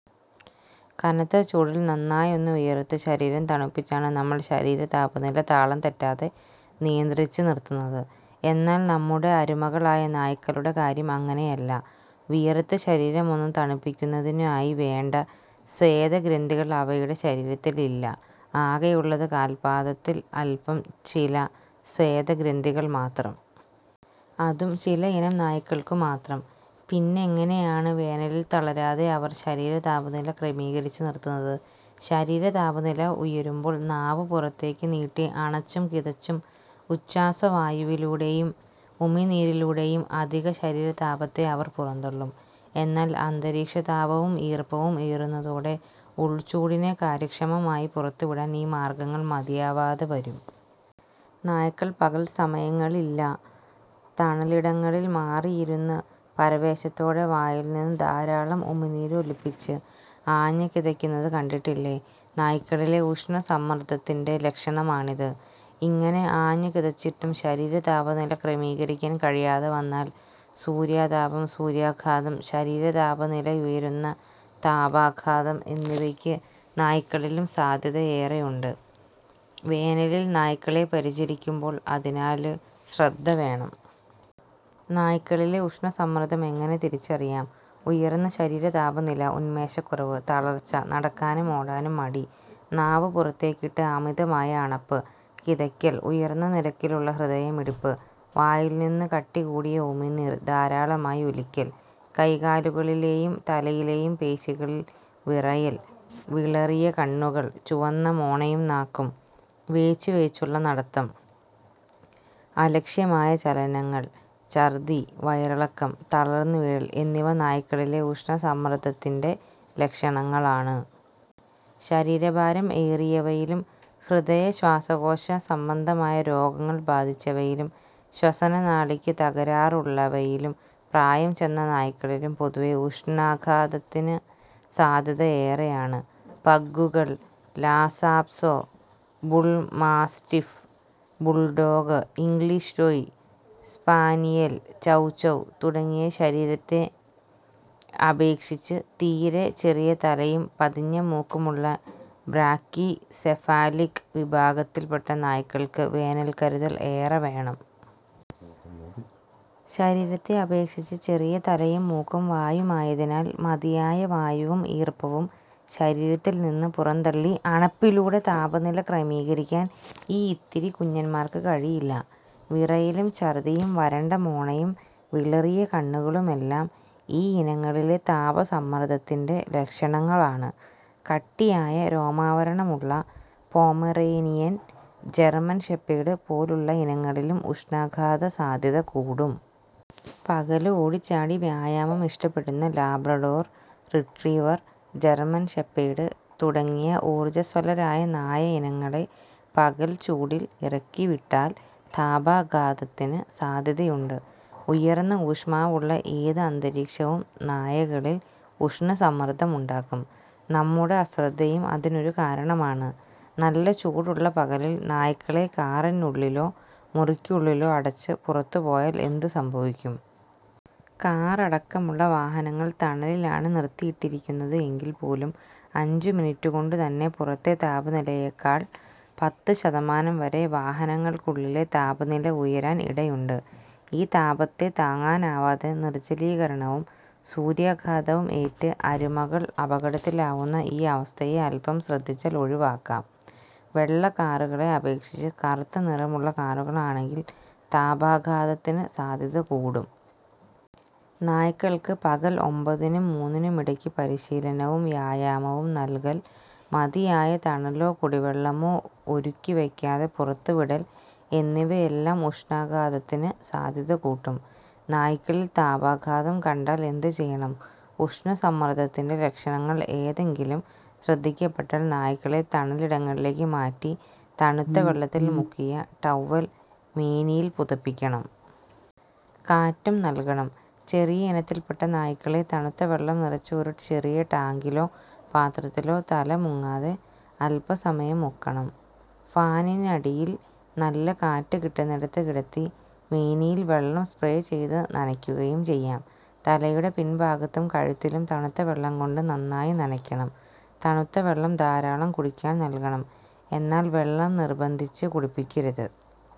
കനത്ത ചൂടില്‍ നന്നായൊന്ന് വിയര്‍ത്ത് ശരീരം തണുപ്പിച്ചാണ് നമ്മള്‍ ശരീര താപനില താളം തെറ്റാതെ നിയന്ത്രിച്ച് നിര്‍ത്തുന്നത്. എന്നാല്‍ നമ്മുടെ അരുമകളായ നായ്ക്കളുടെ കാര്യം അങ്ങനെയല്ല. വിയര്‍ത്ത് ശരീരമൊന്ന് തണുപ്പിക്കുന്നതിനായി വേണ്ട സ്വേദഗ്രന്ഥികൾ അവയുടെ ശരീരത്തിലില്ല, ആകെയുള്ളത് കാൽ പാദത്തിൽ അല്‍പ്പം ചില സ്വേദഗ്രന്ഥികൾ മാത്രം. അതും ചിലയിനം നായ്ക്കള്ക്കു മാത്രം. പിന്നെങ്ങെനെയാണ് വേനലില്‍ തളരാതെ അവര്‍ ശരീരതാപനില ക്രമീകരിച്ച് നിര്‍ത്തുന്നത്? ശരീരതാപനില ഉയരുമ്പോള്‍ നാവ് പുറത്തേക്ക് നീട്ടി അണച്ചും കിതച്ചും ഉച്ഛ്വാസവായുവിലൂടെയും ഉമിനീരിലൂടെയും അധിക ശരീരതാപത്തെ അവര്‍ പുറന്തളളും. എന്നാല്‍ അന്തരീക്ഷതാപവും ഈര്‍പ്പവും ഏറുന്നതോടെ ഉൾചൂടിനെ കാര്യക്ഷമമായി പുറത്തുവിടാന്‍ ഈ മാര്‍ഗ്ഗങ്ങള്‍ മതിയാവാതെ വരും. നായ്ക്കള്‍ പകല്‍ സമയങ്ങളില്ല തണലിടങ്ങളിൽ മാറിയിരുന്ന് പരവേശത്തോടെ വായില്നിന്ന് ധാരാളം ഉമിനീരൊലിപ്പിച്ച് ആഞ്ഞ് കിതയ്ക്കുന്നത് കണ്ടിട്ടില്ലേ? നായ്ക്കളിലെ ഉഷ്ണ സമ്മര്‍ദ്ദത്തിന്‍റെ ലക്ഷണമാണിത്. ഇങ്ങനെ ആഞ്ഞു കിതച്ചിട്ടും ശരീരതാപനില ക്രമീകരിക്കാന്‍ കഴിയാതെ വന്നാല്‍ സൂര്യാതാപം, സൂര്യാഘാതം, ശരീരതാപനിലയുയരുന്ന താപാഘാതം എന്നിവയ്ക്ക് നായ്ക്കളിലും സാധ്യതയേറെയുണ്ട്. വേനലില്‍ നായ്ക്കളെ പരിചരിക്കുമ്പോള്‍ അതിനാല് ശ്രദ്ധവേണം. നായ്ക്കളിലെ ഉഷ്ണസമ്മർദ്ദം എങ്ങനെ തിരിച്ചറിയാം? ഉയര്‍ന്ന ശരീര താപനില, ഉന്മേഷക്കുറവ്, തളര്‍ച്ച, നടക്കാനും ഓടാനും മടി, നാവ് പുറത്തേക്കിട്ട് അമിതമായ അണപ്പ്, കിതയ്ക്കല്‍, ഉയര്‍ന്ന നിരക്കിലുള്ള ഹൃദയമിടിപ്പ്, വായില്നിന്ന് കട്ടികൂടിയ ഉമിനീർ ധാരാളമായി ഒലിക്കല്‍, കൈകാലുകളിലേയും തലയിലെയും പേശികളില്‍ വിറയല്‍, വിളറിയ കണ്ണുകള്‍, ചുവന്ന മോണയും നാക്കും, വേച്ച് വേച്ചുള്ള നടത്തം, അലക്ഷ്യമായ ചലനങ്ങള്‍, ഛര്‍ദ്ദി, വയറിളക്കം, തളര്‍ന്ന് വീഴല്‍ എന്നിവ നായ്ക്കളിലെ ഉഷ്ണസമ്മർദ്ദത്തിന്റെ ലക്ഷണങ്ങളാണ്. ശരീരഭാരം ഏറിയവയിലും ഹൃദയ-ശ്വാസകോശ സംബന്ധമായ രോഗങ്ങള്‍ ബാധിച്ചവയിലും ശ്വസനനാളിക്ക് തകരാറുള്ളവയിലും പ്രായം ചെന്ന നായ്ക്കളിലും പൊതുവെ ഉഷ്ണാഘാതത്തിന് സാധ്യത ഏറെയാണ്. പഗ്ഗുകള്, Lhasa apso, bull mastiff, bulldog, English toy spaniel, chow chow തുടങ്ങിയ ശരീരത്തെ അപേക്ഷിച്ച് തീരെ ചെറിയ തലയും പതിഞ്ഞ മൂക്കുമുള്ള ബ്രാക്കിസെഫാലിക് വിഭാഗത്തില്പ്പെട്ട നായ്ക്കള്‍ക്ക് വേനല്‍ കരുതല്‍ ഏറെ വേണം. ശരീരത്തെ അപേക്ഷിച്ച് ചെറിയ തലയും മൂക്കും വായയുമായതിനാൽ മതിയായ വായുവും ഈര്‍പ്പവും ശരീരത്തില്നിന്ന് പുറന്തള്ളി അണപ്പിലൂടെ താപനില ക്രമീകരിക്കാന്‍ ഈ ഇത്തിരി കുഞ്ഞന്മാർക്ക് കഴിയില്ല. വിറയലും ഛര്‍ദ്ദിയും വരണ്ട മോണയും വിളറിയ കണ്ണുകളുമെല്ലാം ഈയിനങ്ങളിലെ താപ സമ്മർദ്ദത്തിന്റെ ലക്ഷണങ്ങളാണ്. കട്ടിയായ രോമാവരണമുള്ള പൊമറേനിയന്, ജര്‍മൻ ഷെപ്പേഡ് പോലുള്ള ഇനങ്ങളിലും ഉഷ്ണാഘാതസാധ്യത കൂടും. പകല് ഓടിച്ചാടി വ്യായാമം ഇഷ്ടപ്പെടുന്ന ലാബ്രഡോര് റിട്രീവര്, ജര്മന് ഷെപ്പേര്ഡ് തുടങ്ങിയ ഊര്ജസ്വലരായ നായ ഇനങ്ങളെ പകല്ചൂടില് ഇറക്കിവിട്ടാല്‍ താപാഘാതത്തിന് സാധ്യതയുണ്ട്. ഉയര്‍ന്ന ഊഷ്മാവുള്ള ഏത് അന്തരീക്ഷവും നായകളില്‍ ഉഷ്ണസമ്മർദ്ദമുണ്ടാക്കും. നമ്മുടെ അശ്രദ്ധയും അതിനൊരു കാരണമാണ്. നല്ല ചൂടുള്ള പകലില്‍ നായ്ക്കളെ കാറിനുള്ളിലോ, മുറിയ്ക്കുള്ളിലോ അടച്ച് പുറത്ത് പോയാല്‍ എന്ത് സംഭവിക്കും? കാറടക്കമുള്ള വാഹനങ്ങള്‍ തണലിലാണ് നിർത്തിയിട്ടിരിക്കുന്നത് എങ്കില്‍ പോലും അഞ്ചു മിനിറ്റ് കൊണ്ടു തന്നെ പുറത്തെ താപനിലയേക്കാള് പത്ത് ശതമാനം വരെ വാഹനങ്ങള്‍ക്കുള്ളിലെ താപനില ഉയരാന്‍ ഇടയുണ്ട്. ഈ താപത്തെ താങ്ങാനാവാതെ നിർജലീകരണവും, സൂര്യാഘാതവും ഏറ്റ് അരുമകള്‍ അപകടത്തിലാവുന്ന ഈ അവസ്ഥയെ അൽപം ശ്രദ്ധിച്ചാല്‍ ഒഴിവാക്കാം. വെള്ള കാറുകളെ അപേക്ഷിച്ച് കറുത്ത നിറമുള്ള കാറുകളാണെങ്കിൽ താപാഘാതത്തിന് സാധ്യത കൂടും. നായ്ക്കള്‍ക്ക് പകല്‍ ഒമ്പതിനും മൂന്നിനുമിടയ്ക്ക് പരിശീലനവും വ്യായാമവും നല്കല്, മതിയായ തണലോ കുടിവെള്ളമോ ഒരുക്കി വയ്ക്കാതെ പുറത്ത് വിടല്‍ എന്നിവയെല്ലാം ഉഷ്ണാഘാതത്തിന് സാധ്യതകൂട്ടും. നായ്ക്കളില്‍ താപാഘാതം കണ്ടാല്‍ എന്ത് ചെയ്യണം? ഉഷ്ണസമ്മർദ്ദത്തിന്റെ ലക്ഷണങ്ങള്‍ ഏതെങ്കിലും ശ്രദ്ധിക്കപ്പെട്ടാല്‍ നായ്ക്കളെ തണലിടങ്ങളിലേക്ക് മാറ്റി തണുത്ത വെള്ളത്തില്‍ മുക്കിയ ടവ്വൽ മേനിയില്‍ പുതപ്പിക്കണം. കാറ്റും നല്കണം. ചെറിയ ഇനത്തിൽപ്പെട്ട നായ്ക്കളെ തണുത്ത വെള്ളം നിറച്ച ഒരു ചെറിയ ടാങ്കിലോ പാത്രത്തിലോ തല മുങ്ങാതെ അല്പ്പസമയം മുക്കണം. ഫാനിനടിയിൽ നല്ല കാറ്റു കിട്ടുന്നിടത്ത് കിടത്തി മേനിയില്‍ വെള്ളം സ്പ്രേ ചെയ്ത് നനയ്ക്കുകയും ചെയ്യാം. തലയുടെ പിൻ ഭാഗത്തും കഴുത്തിലും തണുത്തവെള്ളം കൊണ്ട് നന്നായി നനയ്ക്കണം. തണുത്ത വെള്ളം ധാരാളം കുടിക്കാന്‍ നല്കണം. എന്നാല്‍, വെള്ളം നിര്‍ബന്ധിച്ച് കുടിപ്പിക്കരുത്.